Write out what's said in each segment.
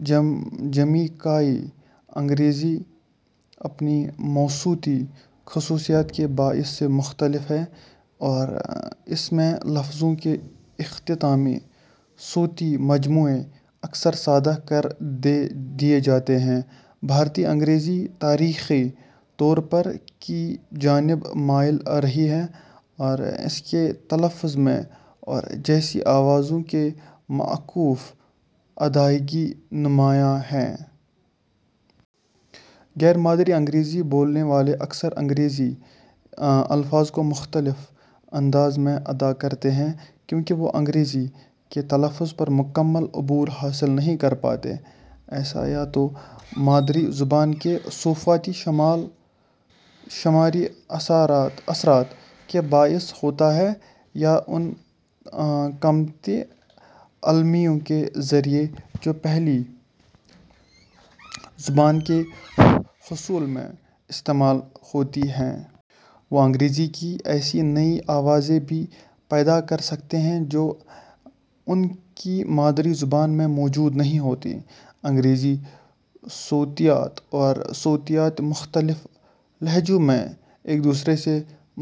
جمیکائی انگریزی اپنی مصوتی خصوصیات کے باعث سے مختلف ہے اور اس میں لفظوں کے اختتامی صوتی مجموعے اکثر سادہ کر دیے جاتے ہیں۔ بھارتی انگریزی تاریخی طور پر کی جانب مائل رہی ہے اور اس کے تلفظ میں اور جیسی آوازوں کی معکوف ادائیگی نمایاں ہے۔ غیر مادری انگریزی بولنے والے اکثر انگریزی الفاظ کو مختلف انداز میں ادا کرتے ہیں کیونکہ وہ انگریزی کے تلفظ پر مکمل عبور حاصل نہیں کر پاتے۔ ایسا یا تو مادری زبان کے صوتیہ شماری اثرات کے باعث ہوتا ہے یا اُن حکمتِ عملیوں کے ذریعے جو پہلی زبان کے حصول میں استعمال ہوتی ہیں۔ وہ انگریزی کی ایسی نئی آوازیں بھی پیدا کر سکتے ہیں جو ان کی مادری زبان میں موجود نہیں ہوتیں۔ انگریزی صوتیات اور صوتیات مختلف لہجوں میں ایک دوسرے سے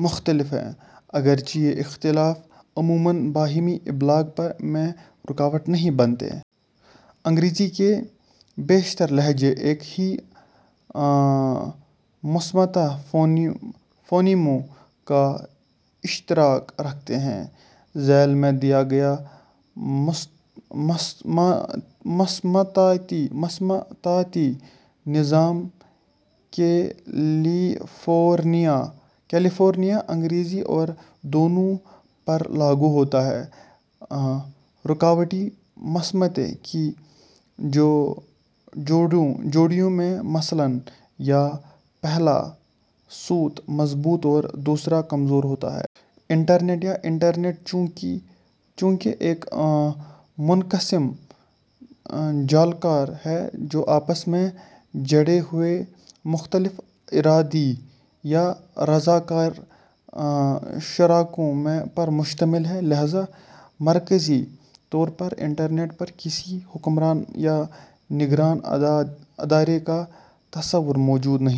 مختلف ہیں، اگرچہ یہ اختلافات عموماً باہمی ابلاغ میں رکاوٹ نہیں بنتے۔ انگریزی کے بیشتر لہجے ایک ہی مصمتہ فونیموں کا اشتراک رکھتے ہیں۔ ذیل میں دیا گیا مصمتاتی نظام کیلیفورنیا انگریزی اور دونوں پر لاگو ہوتا ہے۔ رکاوٹی مصمتے کی جوڑیوں میں، مثلاً // یا //، پہلا صوت مضبوط اور دوسرا کمزور ہوتا ہے۔ انٹرنیٹ یا انٹرنیٹ چوں کہ ایک منقسم جالکار ہے جو آپس میں جڑے ہوئے مختلف ارادی یا رضاکار شراکوں پر مشتمل ہے، لہذا مرکزی طور پر انٹرنیٹ پہ کسی حکمران یا نگراں ادارے کا تصور موجود نہیں۔